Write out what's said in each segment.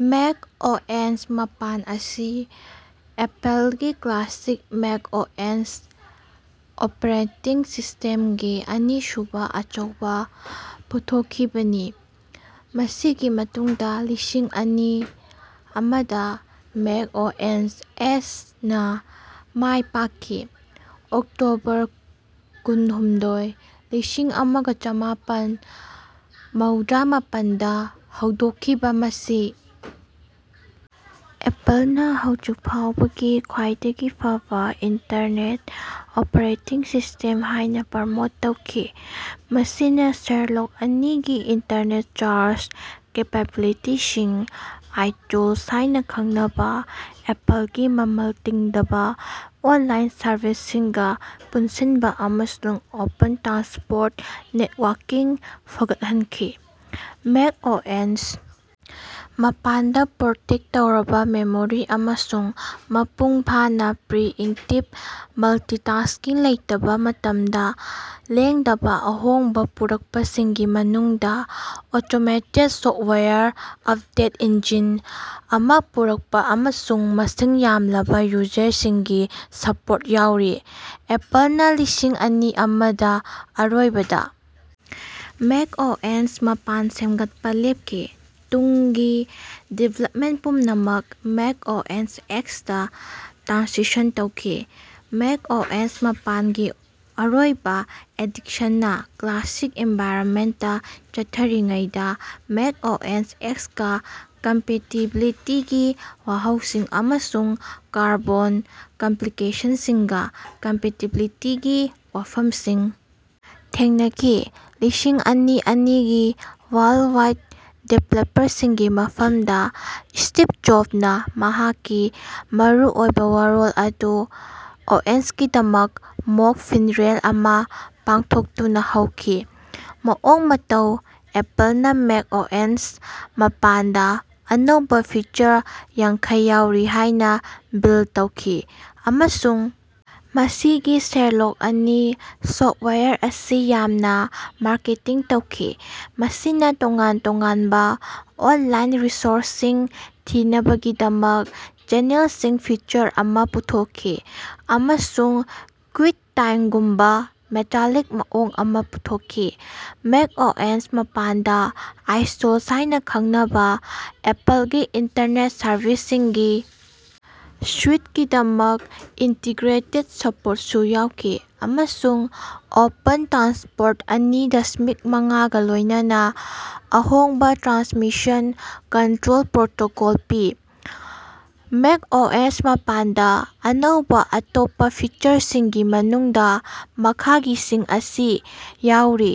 Make OS ꯃꯥꯄꯟ ꯑꯁꯤ ꯑꯦꯄꯜꯒꯤ ꯀ꯭ꯂꯥꯁꯤꯛ ꯃꯦꯛ ꯑꯣꯑꯦꯁ ꯑꯣꯄꯔꯦꯇꯤꯡ ꯁꯤꯁꯇꯦꯝꯒꯤ ꯑꯅꯤꯁꯨꯕ ꯑꯆꯧꯕ ꯄꯨꯊꯣꯛꯈꯤꯕꯅꯤ ꯃꯁꯤꯒꯤ ꯃꯇꯨꯡꯗ ꯂꯤꯁꯤꯡ ꯑꯅꯤ ꯑꯃꯗꯥ ꯃꯦꯛ ꯑꯣꯑꯦꯁ ꯑꯦꯛꯁ ꯅꯥ ꯃꯥꯏ ꯄꯥꯛꯈꯤ꯫ ꯑꯣꯛꯇꯣꯕꯔ ꯀꯨꯟꯍꯨꯝꯗꯣꯏ ꯂꯤꯁꯤꯡ ꯑꯃ ꯆꯃꯥꯄꯟ ꯃꯧꯗ꯭ꯔꯥ ꯃꯥꯄꯟꯗ ꯍꯧꯗꯣꯛꯈꯤꯕ ꯃꯁꯤ ꯑꯦꯄꯜꯅꯥ ꯍꯧꯖꯤꯛ ꯐꯥꯎꯕꯒꯤ ꯈ꯭ꯋꯥꯏꯗꯒꯤ ꯐꯕ ꯏꯟꯇꯔꯅꯦꯠ ꯑꯣꯄꯔꯦꯇꯤꯡ ꯁꯤꯁ꯭ꯇꯦꯝ ꯍꯥꯏꯅ ꯄ꯭ꯔꯃꯣꯠ ꯇꯧꯈꯤ ꯃꯁꯤꯅꯥ ꯁꯦꯔꯂꯣꯛ ꯑꯅꯤꯒꯤ ꯏꯟꯇꯔꯅꯦꯠ ꯁꯥꯔꯆ ꯀꯦꯄꯦꯕꯤꯂꯤꯇꯤꯁꯤꯡ ꯑꯥꯏꯇꯨꯜꯁ ꯍꯥꯏꯅ ꯈꯪꯅꯕ ꯑꯦꯄꯜꯒꯤ ꯃꯃꯜ ꯇꯤꯡꯗꯕ ꯑꯣꯟꯂꯥꯏꯟ ꯁꯔꯚꯤꯁꯁꯤꯡꯒꯥ ꯄꯨꯟꯁꯤꯟꯕ ꯑꯃꯁꯨꯡ ꯑꯣꯄꯟ ꯇ꯭ꯔꯥꯟꯁꯄꯣꯔꯠ ꯅꯦꯠꯋꯥꯔꯀꯤꯡ ꯐꯒꯠꯍꯟꯈꯤ꯫ ꯃꯦꯛ ꯑꯣꯑꯦꯁ ꯃꯥꯄꯟꯗ ꯄ꯭ꯔꯣꯇꯦꯛ ꯇꯧꯔꯕ ꯃꯦꯃꯣꯔꯤ ꯑꯃꯁꯨꯡ ꯃꯄꯨꯡ ꯐꯥꯅꯥ ꯄ꯭ꯔꯤ ꯏꯝꯞꯇꯤꯕ ꯃꯜꯇꯤꯇꯥꯁ꯭ꯀꯤꯡ ꯂꯩꯇꯕ ꯃꯇꯝꯗ ꯂꯦꯡꯗꯕ ꯑꯍꯣꯡꯕ ꯄꯨꯔꯛꯄꯁꯤꯡꯒꯤ ꯃꯅꯨꯡꯗ ꯑꯣꯇꯣꯃꯦꯇꯦꯗ ꯁꯣꯐ꯭ꯇꯋꯦꯌꯔ ꯑꯄꯗꯦꯠ ꯏꯟꯖꯤꯟ ꯑꯃꯥ ꯄꯨꯔꯛꯄ ꯑꯃꯁꯨꯡ ꯃꯁꯤꯡ ꯌꯥꯝꯂꯕ ꯌꯨꯖꯔꯁꯤꯡꯒꯤ ꯁꯄꯣꯔꯠ ꯌꯥꯎꯔꯤ꯫ ꯑꯦꯄꯜꯅꯥ ꯂꯤꯁꯤꯡ ꯑꯅꯤ ꯑꯃꯗꯥ ꯑꯔꯣꯏꯕꯗ ꯃꯦꯛ ꯑꯣꯑꯦꯁ ꯃꯥꯄꯟ ꯁꯦꯝꯒꯠꯄꯥ ꯂꯦꯞꯈꯤ ꯇꯨꯡꯒꯤ ꯗꯤꯕꯦꯂꯞꯃꯦꯟꯠ ꯄꯨꯝꯅꯃꯛ ꯃꯦꯛ ꯑꯣꯑꯦꯁ ꯑꯦꯛꯁ ꯗ ꯇ꯭ꯔꯥꯟꯁꯤꯁꯟ ꯇꯧꯈꯤ꯫ ꯃꯦꯛ ꯑꯣꯑꯦꯁ ꯃꯥꯄꯟꯒꯤ ꯑꯔꯣꯏꯕ ꯑꯞꯗꯦꯠꯁꯤꯡꯅ ꯀ꯭ꯂꯥꯁꯤꯛ ꯑꯦꯟꯚꯥꯏꯔꯅꯃꯦꯟꯇꯥ ꯆꯠꯊꯔꯤꯉꯩꯗ ꯃꯦꯛ ꯑꯣꯑꯦꯁ ꯑꯦꯛꯁ ꯒꯥ ꯀꯝꯄꯦꯇꯤꯕꯤꯂꯤꯇꯤꯒꯤ ꯋꯥꯍꯧꯁꯤꯡ ꯑꯃꯁꯨꯡ ꯀꯥꯔꯕꯣꯟ ꯑꯦꯄ꯭ꯂꯤꯀꯦꯁꯟꯁꯤꯡꯒꯥ ꯀꯝꯄꯦꯇꯤꯕꯤꯂꯤꯇꯤꯒꯤ ꯋꯥꯐꯝꯁꯤꯡ ꯊꯦꯡꯅꯈꯤ꯫ ꯂꯤꯁꯤꯡ ꯑꯅꯤ ꯑꯅꯤꯒꯤ ꯋꯥꯔꯜꯗꯋꯥꯏꯗ ꯗꯤꯕꯦꯂꯞꯄꯔꯁꯤꯡꯒꯤ ꯃꯤꯐꯝꯗ ꯁ꯭ꯇꯤꯚ ꯖꯣꯕꯅꯥ ꯃꯍꯥꯛꯀꯤ ꯃꯔꯨꯑꯣꯏꯕ ꯋꯥꯔꯣꯜ ꯑꯗꯨ ꯑꯣꯑꯦꯁꯀꯤꯗꯃꯛ ꯃꯣꯛ ꯐꯤꯟꯔꯦꯜ ꯑꯃꯥ ꯄꯥꯡꯊꯣꯛꯇꯨꯅꯥ ꯍꯧꯈꯤ꯫ ꯃꯑꯣꯡ ꯃꯇꯧ ꯑꯦꯄꯜꯅꯥ ꯃꯦꯛ ꯑꯣꯑꯦꯁ ꯃꯥꯄꯟꯗꯥ ꯑꯅꯧꯕ ꯐꯤꯆꯔ ꯌꯥꯡꯈꯩ ꯌꯥꯎꯔꯤ ꯍꯥꯏꯅꯥ ꯕꯤꯜ ꯇꯧꯈꯤ ꯑꯃꯁꯨꯡ ꯃꯁꯤꯒꯤ ꯁꯦꯔꯂꯣꯛ ꯑꯅꯤ ꯁꯣꯐ꯭ꯇꯋꯦꯌꯔ ꯑꯁꯤ ꯌꯥꯝꯅꯥ ꯃꯥꯔꯀꯦꯇꯤꯡ ꯇꯧꯈꯤ ꯃꯁꯤꯅꯥ ꯇꯣꯉꯥꯟ ꯇꯣꯉꯥꯟꯕ ꯑꯣꯟꯂꯥꯏꯟ ꯔꯤꯁꯣꯔꯁꯁꯤꯡ ꯊꯤꯅꯕꯒꯤꯗꯃꯛ ꯆꯦꯅꯦꯜꯁꯤꯡ ꯐꯤꯆꯔ ꯑꯃꯥ ꯄꯨꯊꯣꯛꯈꯤ ꯑꯃꯁꯨꯡ ꯀ꯭ꯋꯤꯛꯇꯥꯏꯝꯒꯨꯝꯕ ꯃꯦꯇꯥꯂꯤꯛ ꯃꯑꯣꯡ ꯑꯃꯥ ꯄꯨꯊꯣꯛꯈꯤ꯫ ꯃꯦꯛ ꯑꯣꯑꯦꯁ ꯃꯥꯄꯟꯗꯥ ꯑꯥꯏꯇꯨꯜꯁ ꯍꯥꯏꯅ ꯈꯪꯅꯕ ꯑꯦꯄꯜꯒꯤ ꯏꯟꯇꯔꯅꯦꯠ ꯁꯔꯚꯤꯁꯁꯤꯡꯒꯤ ꯁꯨꯏꯠꯀꯤꯗꯃꯛ ꯏꯟꯇꯤꯒ꯭ꯔꯦꯇꯦꯗ ꯁꯄꯣꯔꯠꯁꯨ ꯌꯥꯎꯈꯤ ꯑꯃꯁꯨꯡ ꯑꯣꯄꯟ ꯇ꯭ꯔꯥꯟꯁꯄꯣꯔꯠ ꯑꯅꯤ ꯗꯁꯃꯤꯛ ꯃꯉꯥꯒꯥ ꯂꯣꯏꯅꯅ ꯑꯍꯣꯡꯕ ꯇ꯭ꯔꯥꯟꯁꯃꯤꯁꯟ ꯀꯟꯇ꯭ꯔꯣꯜ ꯄ꯭ꯔꯣꯇꯣꯀꯣꯜ ꯄꯤ꯫ ꯃꯦꯛ ꯑꯣꯑꯦꯁ ꯃꯥꯄꯟꯗꯥ ꯑꯅꯧꯕ ꯑꯇꯣꯞꯄ ꯐꯤꯆꯔꯁꯤꯡꯒꯤ ꯃꯅꯨꯡꯗ ꯃꯈꯥꯒꯤꯁꯤꯡ ꯑꯁꯤ ꯌꯥꯎꯔꯤ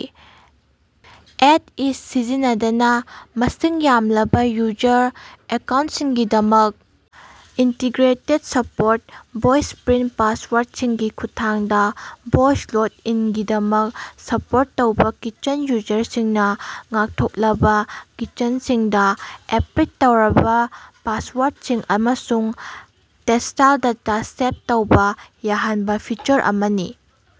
ꯑꯦꯠ ꯏꯖ ꯁꯤꯖꯤꯟꯅꯗꯅꯥ ꯃꯁꯤꯡ ꯌꯥꯝꯂꯕ ꯌꯨꯖꯔ ꯑꯦꯀꯥꯎꯟꯠꯁꯤꯡꯒꯤꯗꯃꯛ ꯏꯟꯇꯤꯒ꯭ꯔꯦꯇꯦꯗ ꯁꯄꯣꯔꯠ ꯚꯣꯏꯁꯄ꯭ꯔꯤꯟꯠ ꯄꯥꯁꯋꯥꯔꯗꯁꯤꯡꯒꯤ ꯈꯨꯠꯊꯥꯡꯗ ꯚꯣꯏꯁ ꯂꯣꯒ ꯏꯟꯒꯤꯗꯃꯛ ꯁꯄꯣꯔꯠ ꯇꯧꯕ ꯀꯤꯆꯦꯟ ꯌꯨꯖꯔꯁꯤꯡꯅꯥ ꯉꯥꯛꯊꯣꯛꯂꯕ ꯀꯤꯆꯦꯟꯁꯤꯡꯗ ꯑꯦꯟꯀ꯭ꯔꯤꯞ ꯇꯧꯔꯕ ꯄꯥꯁꯋꯥꯔꯗꯁꯤꯡ ꯑꯃꯁꯨꯡ ꯇꯦꯛꯁꯇꯥꯏꯜ ꯗꯦꯇꯥ ꯁꯦꯚ ꯇꯧꯕ ꯌꯥꯍꯟꯕ ꯐꯤꯆꯔ ꯑꯃꯅꯤ꯫